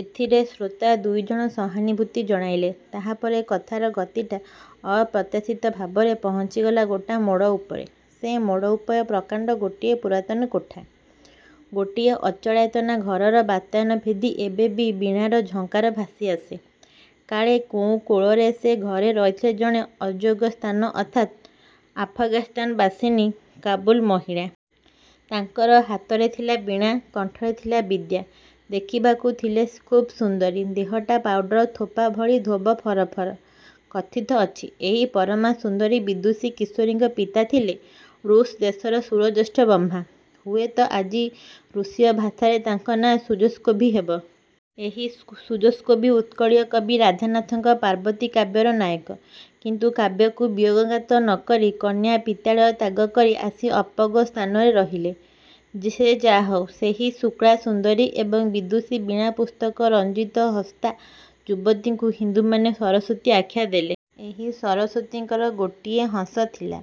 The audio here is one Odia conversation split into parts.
ଏଥିରେ ଶ୍ରୋତା ଦୁଇଜଣ ସହାନୁଭୂତି ଜଣାଇଲେ। ତାହାପରେ କଥାର ଗତିଟା ଅପ୍ରତ୍ୟାଶିତ ଭାବରେ ପହଞ୍ଚିଗଲା ଗୋଟା ମୋଡ଼ ଉପରେ। ସେ ମୋଡ଼ ଉପରେ ପ୍ରକାଣ୍ଡ ଗୋଟିଏ ପୁରାତନ କୋଠା–ଗୋଟିଏ ଅଚଳାୟତନା ଘରର ବାତାୟନ ଭେଦି ଏବେ ବି ବୀଣାର ଝଙ୍କାର ଭାସି ଆସେ। କାଳେ କେଉଁ କାଳରେ ସେ ଘରେ ରହିଥିଲେ ଜଣେ ଅପୋଗ ସ୍ଥାନ ଅର୍ଥାତ୍ ଆଫଗାନିସ୍ଥାନ ବାସିନୀ କାବୁଲ ମହିଳା। ତାଙ୍କର ହାତରେ ଥିଲା ବୀଣା, କଣ୍ଠରେ ଥିଲା ବିଦ୍ୟା। ଦେଖିବାକୁ ଥିଲେ ଖୁବ୍ ସୁନ୍ଦରୀ। ଦିହଟା ପାଉଡ଼ର ଥୋପା ଭଳି ଧୋବ ଫରଫର। କଥିତ ଅଛି, ଏହି ପରମା ସୁନ୍ଦରୀ ବିଦୂଷୀ କିଶୋରୀଙ୍କର ପିତା ଥିଲେ ରୁଷ ଦେଶର ସୁରଜ୍ୟେଷ୍ଠ ବ୍ରହ୍ମା। ହୁଏତ ଆଜି ରୁଷୀୟ ଭାଷାରେ ତାଙ୍କ ନାଁ ସୁଜୋଷ୍କୋଭ୍ସ୍କି ହେବ। ଏହି ସୁଜୋଷ୍କୋଭ୍ସ୍କି ଉତ୍କଳୀୟ କବି ରାଧାନାଥଙ୍କର ପାର୍ବତୀ କାବ୍ୟର ନାୟକ। କିନ୍ତୁ କାବ୍ୟକୁ ବିୟୋଗାନ୍ତ ନ କରି କନ୍ୟା ପିତ୍ରାଳୟ ତ୍ୟାଗ କରି ଆସି ଅପୋଗ–ସ୍ଥାନରେ ରହିଲେ। ସେ ଯାହାହେଉ, ସେହି ଶୁକ୍ଳା ସୁନ୍ଦରୀ ଏବଂ ବିଦୂଷୀ ବୀଣା ପୁସ୍ତକ ରଞ୍ଜିତ ହସ୍ତା ଯୁବତୀକୁ ହିନ୍ଦୁମାନେ ସରସ୍ୱତୀ ଆଖ୍ୟା ଦେଲେ। ଏହି ସରସ୍ଵତୀଙ୍କର ଗୋଟିଏ ହଂସ ଥିଲା,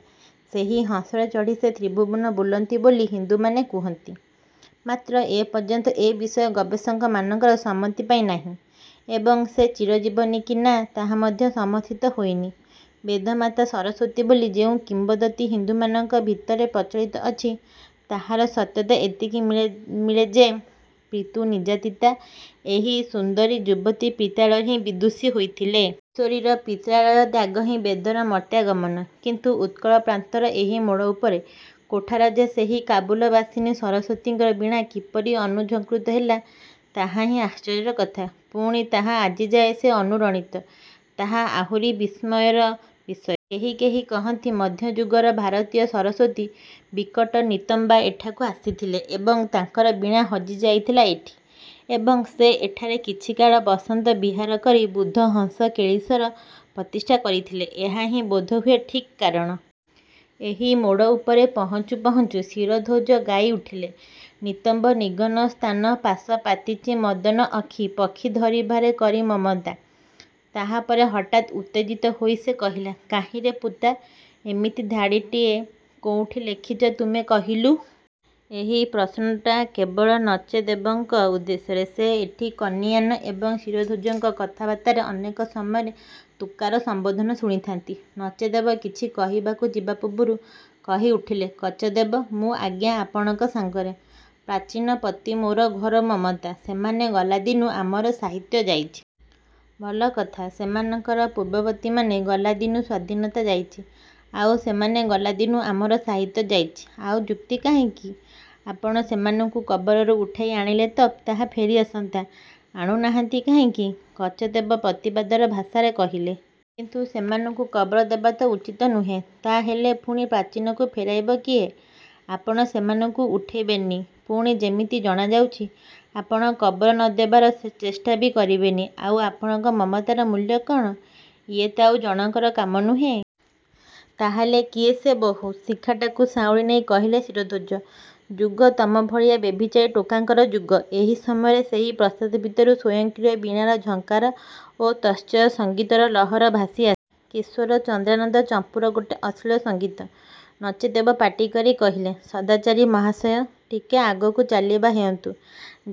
ସେହି ହଂସରେ ଚଢ଼ି ସେ ତ୍ରିଭୁବନ ବୁଲନ୍ତି ବୋଲି ହିନ୍ଦୁମାନେ କହନ୍ତି। ମାତ୍ର ଏ ପର୍ଯ୍ୟନ୍ତ ଏ ବିଷୟ ଗବେଷକମାନଙ୍କର ସମ୍ମତି ପାଇ ନାହିଁ ଏବଂ ସେ ଚିରଜୀବନୀ କି ନା, ତାହା ମଧ୍ୟ ସମର୍ଥିତ ହୋଇନି। "ବେଦମାତା ସରସ୍ଵତୀ" ବୋଲି ଯେଉଁ କିମ୍ବଦନ୍ତୀ ହିନ୍ଦୁମାନଙ୍କ ଭିତରେ ପ୍ରଚଳିତ ଅଛି, ତାହାର ସତ୍ୟତା ଏତିକି ମିଳେ ଯେ, ପିତୃ-ନିର୍ଯାତିତା ଏହି ସୁନ୍ଦରୀ ଯୁବତୀ ପିତ୍ରାଳୟରେ ହିଁ ବିଦୂଷୀ ହୋଇଥିଲେ। କିଶୋରୀର ପିତ୍ରାଳୟ ତ୍ୟାଗହିଁ ବେଦର ମର୍ତ୍ତ୍ୟାଗମନ। କିନ୍ତୁ ଉତ୍କଳ ପ୍ରାନ୍ତର ଏହି ମୋଡ଼ ଉପର କୋଠାରେ ଯେ ସେହି କାବୁଲବାସିନୀ ସରସ୍ଵତୀଙ୍କର ବୀଣା କିପରି ଅନୁଝଙ୍କୃତ ହେଲା ତାହାହିଁ ଆଶ୍ଚର୍ଯ୍ୟର କଥା। ପୁଣି ତାହା ଆଜି ଯାଏ ଯେ ଅନୁରଣିତ, ତାହା ଆହୁରି ବିସ୍ମୟର ବିଷୟ। କେହି କେହି କହନ୍ତି, ମଧ୍ୟ ଯୁଗର ଭାରତୀୟ ସରସ୍ଵତୀ 'ବିକଟ ନିତମ୍ବା' ଏଠାକୁ ଆସିଥିଲେ; ଏବଂ ତାଙ୍କର ବୀଣା ହଜି ଯାଇଥିଲା ଏଇଠି ଏବଂ ସେ ଏଠାରେ କିଛିକାଳ ବସନ୍ତ ବିହାର କରି 'ବୁଧ ହଂସ କେଳିସର' ପ୍ରତିଷ୍ଠା କରିଥିଲେ। ଏହାହିଁ ବୋଧହୁଏ ଠିକ୍ କାରଣ। ଏହି ମୋଡ଼ ଉପରେ ପହଞ୍ଚୁ ପହଞ୍ଚୁ ଶିରଧ୍ୱଜ ଗାଇ ଉଠିଲେ... ନିତମ୍ବ ନିଗମ ସ୍ଥାନ ପାଶ ପାତିଛି ମଦନ ଅକ୍ଷୀ ପକ୍ଷୀ ଧରିବାରେ କରି ମମତା... ତାହାପରେ ହଠାତ୍ ଉତ୍ତେଜିତ ହୋଇ ସେ କହିଲେ। "କାହିଁରେ ପୂତା, ଏମିତି ଧାଡ଼ିଟାଏ କୋଉଠି ଲେଖିଛ ତମେ କହିଲୁ? " ଏ ପ୍ରଶ୍ନଟା କେବଳ ନଚଦେବଙ୍କ ଉଦ୍ଦେଶ୍ୟରେ। ସେହି ଏଠି କନୀୟାନ ଏବଂ ଶିରଧ୍ୱଜଙ୍କ କଥାବାର୍ତ୍ତାରେ ଅନେକ ସମୟରେ ତୁକାର ସମ୍ବୋଧନ ଶୁଣିଥାନ୍ତି। ନଚଦେବ କିଛି କହିବାକୁ ଯିବା ପୂର୍ବରୁ କହି ଉଠିଲେ କଚଦେବ... "ମୁଁ ଆଜ୍ଞା ଆପଣଙ୍କ ସାଙ୍ଗରେ। ପ୍ରାଚୀନ ପ୍ରତି ମୋର ଘୋର ମମତା, ସେମାନେ ଗଲାଦିନୁ ଆମର ସାହିତ୍ୟ ଯାଇଛି। " "ଭଲ କଥା, ସେମାନଙ୍କର ପୂର୍ବବର୍ତ୍ତୀମାନେ ଗଲାଦିନୁ ସ୍ୱାଧୀନତା ଯାଇଛି, ଆଉ ସେମାନେ ଗଲାଦିନୁ ଆମର ସାହିତ୍ୟ ଯାଇଛି। ଆଉ ଯୁକ୍ତି କାହିଁକି... ଆପଣ ସେମାନଙ୍କୁ କବରରୁ ଉଠେଇ ଆଣିଲେ ତ ତାହା ଫେରି ଆସନ୍ତା... ଆଣୁ ନାହାନ୍ତି କାହିଁକି? " କଚଦେବ ପ୍ରତିବାଦର ଭାଷାରେ କହିଲେ... "କିନ୍ତୁ ସେମାନଙ୍କୁ କବର ଦେବାତ ଉଚିତ ନୁହେଁ! " "ତା ହେଲେ ପୁଣି ପ୍ରାଚୀନକୁ ଫେରେଇବ କିଏ, ଆପଣ ସେମାନଙ୍କୁ ଉଠେଇବେ ନି, ପୁଣି ଯେମିତି ଜଣାଯାଉଚି ଆପଣ କବର ନ ଦେବାର ଚେଷ୍ଟାବି କରିବେନି... ଆଉ ଆପଣଙ୍କର ମମତାର ମୂଲ୍ୟ କଣ? " "ଇଏତ ଆଉ ଜଣକର କାମ ନୁହେଁ? " "ତା ହେଲେ... କିଏ ସେ ବହୁ...? " ଶିଖାଟାକୁ ସାଉଁଳି ନେଇ କହିଲେ ଶିରଧ୍ୱଜ... "ଯୁଗ... ତମ ଭଳିଆ ବ୍ୟଭିଚାରୀ ଟୋକାଙ୍କର ଯୁଗ!! " ଏହି ସମୟରେ ସେହି ପ୍ରାସାଦ ଭିତରୁ ସ୍ୱୟଂକ୍ରୀୟ ବୀଣାର ଝଙ୍କାର ଓ ତତ୍ସହ ସଙ୍ଗୀତର ଲହର ଭାସି ଆସିଲା। କିଶୋର ଚନ୍ଦ୍ରାନନ୍ଦ ଚମ୍ପୂର ଗୋଟା ଅଶ୍ଳୀଳ ସଙ୍ଗୀତ। ନଚଦେବ ପାଟି କରି କହିଲେ। "ସଦାଚାରୀ ମହାଶୟ, ଟିକେ ଆଗକୁ ଚାଲିବା ହେଉନ୍ତୁ।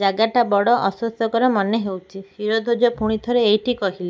ଜାଗାଟା ବଡ଼ ଅସ୍ୱାସ୍ଥ୍ୟକର ମନେ ହେଉଚି। " ଶିରଧ୍ୱଜ ପୁଣି ଥରେ ଏଇଠି କହିଲେ.